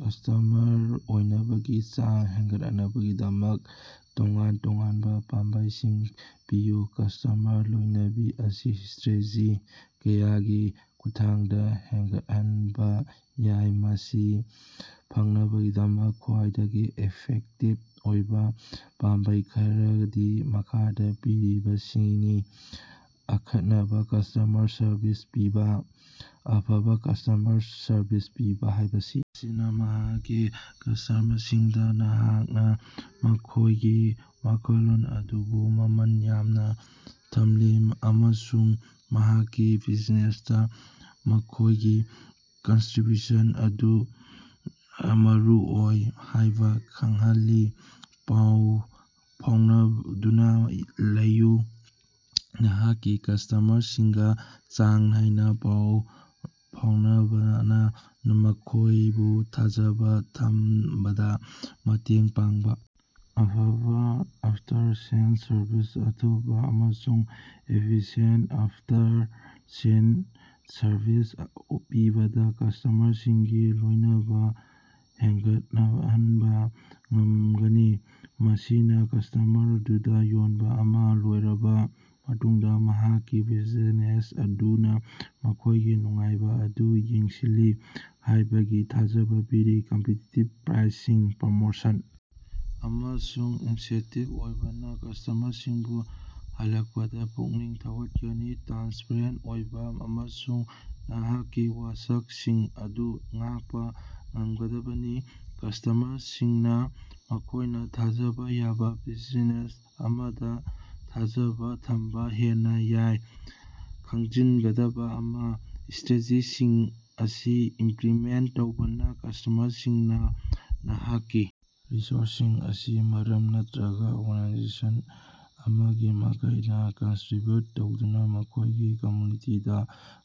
Customer ꯑꯣꯏꯅꯕꯒꯤ ꯆꯥꯡ ꯍꯦꯟꯒꯠꯍꯟꯅꯕꯒꯤꯗꯃꯛ ꯇꯣꯉꯥꯟ-ꯇꯣꯉꯥꯟꯕꯥ ꯄꯥꯝꯕꯩꯁꯤꯡ ꯄꯤꯌꯨ꯫ ꯀꯁ꯭ꯇꯃꯔ ꯂꯣꯏꯅꯕꯤ ꯑꯁꯤ ꯏꯁꯇ꯭ꯔꯥꯇꯦꯖꯤ ꯀꯌꯥꯒꯤ ꯈꯨꯠꯊꯥꯡꯗꯥ ꯍꯦꯟꯒꯠꯍꯟꯕꯥ ꯌꯥꯏ꯫ ꯃꯁꯤ ꯐꯪꯅꯕꯒꯤ ꯈ꯭ꯋꯥꯏꯗꯒꯤ ꯏꯐꯦꯛꯇꯤꯚ ꯑꯣꯏꯕꯥ ꯄꯥꯝꯕꯩ ꯈꯔꯗꯤ ꯃꯈꯥꯗꯥ ꯄꯤꯔꯤꯕꯁꯤꯡꯅꯤ: ꯑꯈꯟꯅꯕꯥ ꯀꯁ꯭ꯇꯃꯔ ꯁꯔꯚꯤꯁ ꯄꯤꯕꯥ: ꯑꯐꯕꯥ ꯀꯁ꯭ꯇꯃꯔ ꯁꯔꯚꯤꯁ ꯄꯤꯕꯥ ꯍꯥꯏꯕꯁꯤ ꯃꯁꯤꯅꯥ ꯅꯍꯥꯛꯀꯤ ꯀꯁ꯭ꯇꯃꯔꯁꯤꯡꯗꯥ ꯅꯍꯥꯛꯅꯥ ꯃꯈꯣꯏꯒꯤ ꯋꯥꯈꯜꯂꯣꯟ ꯑꯗꯨꯕꯨ ꯃꯃꯜ ꯌꯥꯝꯅꯥ ꯊꯝꯂꯤ ꯑꯃꯁꯨꯡ ꯅꯍꯥꯛꯀꯤ ꯕꯤꯖꯤꯅꯦꯁꯇꯥ ꯃꯈꯣꯏꯒꯤ ꯀꯟꯇ꯭ꯔꯤꯕ꯭ꯌꯨꯁꯟ ꯑꯗꯨ ꯃꯔꯨꯑꯣꯏ ꯍꯥꯏꯕꯥ ꯈꯪꯍꯜꯂꯤ꯫ ꯄꯥꯎ ꯐꯥꯎꯅꯗꯨꯅꯥ ꯂꯩꯌꯨ: ꯅꯍꯥꯛꯀꯤ ꯀꯁ꯭ꯇꯃꯔꯁꯤꯡꯒꯥ ꯆꯥꯡ ꯅꯥꯏꯅꯥ ꯄꯥꯎ ꯐꯥꯎꯅꯕꯅꯥ ꯃꯈꯣꯏꯕꯨ ꯊꯥꯖꯕꯥ ꯊꯝꯕꯗꯥ ꯃꯇꯦꯡ ꯄꯥꯡꯕꯥ ꯑꯐꯕꯥ ꯑꯥꯞꯇꯔ-ꯁꯦꯜꯁ ꯁꯔꯕꯤꯁ: ꯑꯊꯨꯕꯥ ꯑꯃꯁꯨꯡ ꯏꯐꯤꯁꯤꯌꯦꯟꯇ ꯑꯥꯐꯇꯔ-ꯁꯦꯜꯁ ꯁꯔꯕꯤꯁ ꯄꯤꯕꯅꯥ ꯀꯁ꯭ꯇꯃꯔꯁꯤꯡꯒꯤ ꯂꯣꯏꯅꯕ ꯍꯦꯟꯒꯠꯍꯟꯕꯥ ꯉꯝꯒꯅꯤ꯫ ꯃꯁꯤꯅꯥ ꯀꯁ꯭ꯇꯃꯔ ꯑꯗꯨꯗꯥ ꯌꯣꯟꯕꯥ ꯑꯃꯥ ꯂꯣꯏꯔꯕꯥ ꯃꯇꯨꯡꯗꯁꯨ ꯅꯍꯥꯛꯀꯤ ꯕ꯭ꯌꯨꯖꯤꯅꯦꯁ ꯑꯗꯨꯅꯥ ꯃꯈꯣꯏꯒꯤ ꯅꯨꯡꯉꯥꯏꯕꯥ ꯑꯗꯨ ꯌꯦꯡꯁꯤꯜꯂꯤ ꯍꯥꯏꯕꯒꯤ ꯊꯥꯖꯕꯥ ꯄꯤꯔꯤ꯫ ꯀꯝꯄꯤꯇꯤꯇꯤꯞ ꯄ꯭ꯔꯥꯏꯁꯁꯤꯡ, ꯄ꯭ꯔꯃꯣꯁꯟ, ꯑꯃꯁꯨꯡ ꯏꯟꯁꯦꯟꯇꯤꯕꯁꯤꯡ ꯄꯤꯕꯅꯥ ꯀꯁ꯭ꯇꯃꯔꯁꯤꯡꯕꯨ ꯍꯜꯂꯛꯄꯗꯥ ꯄꯨꯛꯅꯤꯡ ꯊꯧꯒꯠꯀꯅꯤ꯫ ꯇ꯭ꯔꯥꯟꯁꯄꯔꯦꯟꯇ ꯑꯣꯏꯕꯥ ꯑꯃꯁꯨꯡ ꯅꯍꯥꯛꯀꯤ ꯋꯥꯁꯛꯁꯤꯡ ꯑꯗꯨ ꯉꯥꯛꯄꯥ ꯉꯝꯒꯗꯕꯅꯤ꯫ ꯀꯁ꯭ꯇꯃꯔꯁꯤꯡꯅꯥ ꯃꯈꯣꯏꯅꯥ ꯊꯥꯖꯕꯥ ꯌꯥꯕꯥ ꯕꯤꯖꯤꯅꯦꯁ ꯑꯃꯗꯥ ꯊꯥꯖꯕꯥ ꯊꯝꯕꯥ ꯍꯦꯟꯅꯥ ꯌꯥꯏ꯫ ꯈꯪꯖꯤꯟꯒꯗꯕꯥ ꯑꯃꯅꯥ, ꯏꯁꯇ꯭ꯔꯥꯇꯦꯖꯤꯁꯤꯡ ꯑꯁꯤ ꯏꯝꯄ꯭ꯂꯤꯃꯦꯟꯇ ꯇꯧꯕꯅꯥ ꯀꯁ꯭ꯇꯃꯔꯁꯤꯡꯅꯥ ꯅꯍꯥꯛꯀꯤ ꯔꯤꯁꯣꯔꯁꯁꯤꯡ ꯑꯁꯤ ꯃꯔꯝ ꯅꯠꯇ꯭ꯔꯒꯥ ꯑꯣꯔꯒꯥꯅꯥꯏꯖꯦꯁꯟ ꯑꯃꯒꯤ ꯃꯥꯏꯀꯩꯗꯥ ꯀꯟꯇ꯭ꯔꯤꯕ꯭ꯌꯨꯠ ꯇꯧꯗꯨꯅꯥ ꯃꯈꯣꯏꯒꯤ ꯀꯝꯃ꯭ꯌꯨꯅꯤꯇꯤꯗꯥ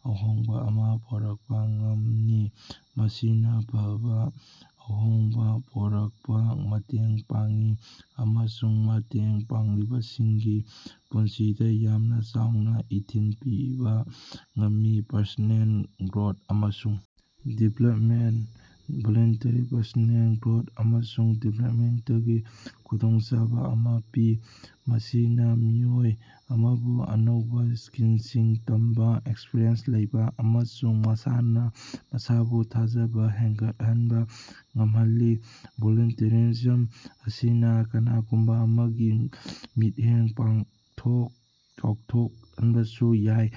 ꯑꯍꯣꯡꯕꯥ ꯑꯃꯥ ꯄꯨꯔꯛꯄꯥ ꯉꯝꯅꯤ꯫ ꯃꯁꯤꯅꯥ ꯑꯐꯕꯥ ꯑꯍꯣꯡꯕꯥ ꯄꯨꯔꯛꯄ ꯃꯇꯦꯡ ꯄꯥꯡꯏ ꯑꯃꯁꯨꯡ ꯃꯇꯦꯡ ꯄꯥꯡꯂꯤꯕꯁꯤꯡꯒꯤ ꯄꯨꯟꯁꯤꯗꯥ ꯌꯥꯝꯅꯥ ꯆꯥꯎꯅꯥ ꯏꯊꯤꯜ ꯄꯤꯕꯥ ꯉꯝꯃꯤ꯫ ꯄꯔꯁꯣꯅꯦꯜ ꯒ꯭ꯔꯣꯠ ꯑꯃꯁꯨꯡ ꯗꯤꯚꯦꯂꯞꯃꯦꯟꯇ: ꯚꯣꯂꯨꯟꯇꯔꯤꯅꯥ ꯄꯔꯁꯣꯅꯦꯜ ꯒ꯭ꯔꯣꯠ ꯑꯃꯁꯨꯡ ꯗꯤꯚꯦꯂꯞꯃꯦꯟꯇꯒꯤ ꯈꯨꯗꯣꯡꯆꯥꯕꯥ ꯑꯃꯥ ꯄꯤ꯫ ꯃꯁꯤꯅꯥ ꯃꯤꯑꯣꯏ ꯑꯃꯕꯨ ꯑꯅꯧꯕꯥ ꯁ꯭ꯀꯤꯜꯁꯤꯡ ꯇꯝꯕꯥ, ꯑꯦꯛꯁꯄ꯭ꯔꯤꯌꯦꯟꯁ ꯂꯧꯕꯥ ꯑꯃꯁꯨꯡ ꯃꯁꯥꯅꯥ ꯃꯁꯥꯕꯨ ꯊꯥꯖꯕꯥ ꯍꯦꯟꯒꯠꯍꯟꯕꯥ ꯉꯝꯍꯜꯂꯤ꯫ ꯚꯣꯂꯨꯟꯇꯤꯌꯔꯤꯖꯝ ꯑꯁꯤꯅꯥ ꯀꯅꯥꯒꯨꯝꯕꯥ ꯑꯃꯒꯤ ꯃꯤꯠꯌꯦꯡ ꯄꯥꯛꯊꯣꯛ-ꯆꯥꯎꯊꯣꯛꯍꯟꯕꯁꯨ ꯌꯥꯏ,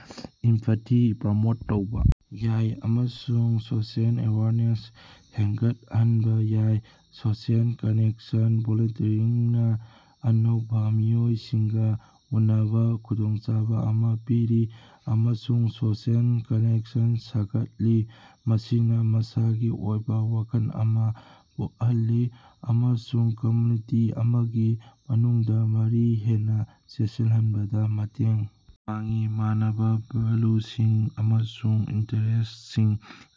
ꯏꯝꯄꯥꯊꯤ ꯄ꯭ꯔꯃꯣꯠ ꯇꯧꯕꯥ ꯌꯥꯏ ꯑꯃꯁꯨꯡ ꯁꯣꯁꯤꯑꯦꯜ ꯑꯦꯋꯦꯌꯔꯅꯦꯁ ꯍꯦꯟꯒꯠꯍꯟꯕꯥ ꯌꯥꯏ꯫ ꯁꯣꯁꯤꯑꯦꯜ ꯀꯅꯦꯛꯁꯟ: ꯚꯣꯂꯨꯟꯇꯤꯌꯔꯤꯡꯅꯥ ꯑꯅꯧꯕꯥ ꯃꯤꯑꯣꯏꯁꯤꯡꯒꯥ ꯎꯅꯕꯒꯤ ꯈꯨꯗꯣꯡꯆꯥꯕꯥ ꯑꯃꯥ ꯄꯤꯔꯤ ꯑꯃꯁꯨꯡ ꯁꯣꯁꯤꯑꯦꯜ ꯀꯅꯦꯛꯁꯟꯁꯤꯡ ꯁꯦꯝꯒꯠꯂꯤ꯫ ꯃꯁꯤꯅꯥ ꯃꯁꯥꯒꯤ ꯑꯣꯏꯕꯥ ꯋꯥꯈꯜꯂꯣꯟ ꯑꯃꯥ ꯄꯣꯛꯍꯜꯂꯤ ꯑꯃꯁꯨꯡ ꯀꯝꯃ꯭ꯌꯨꯅꯤꯇꯤ ꯑꯃꯒꯤ ꯃꯅꯨꯡꯗꯥ ꯃꯔꯤ ꯍꯦꯟꯅꯥ ꯆꯦꯠꯁꯤꯜꯍꯟꯕꯗꯥ ꯃꯇꯦꯡ ꯄꯥꯡꯏ꯫ ꯃꯥꯟꯅꯕꯥ ꯚꯦꯜꯂꯨꯁꯤꯡ ꯑꯃꯁꯨꯡ ꯏꯟꯇꯔꯦꯁꯁꯤꯡ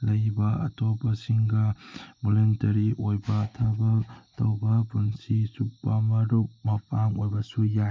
ꯂꯩꯕꯥ ꯑꯇꯣꯞꯄꯁꯤꯡꯒꯥ ꯚꯣꯂꯨꯟꯇꯔꯤ ꯑꯣꯏꯅꯥ ꯊꯕꯛ ꯇꯧꯕ ꯄꯨꯟꯁꯤ ꯆꯨꯞꯄꯥ ꯃꯔꯨꯞ-ꯃꯄꯥꯡ ꯑꯣꯏꯕꯁꯨ ꯌꯥꯏ꯫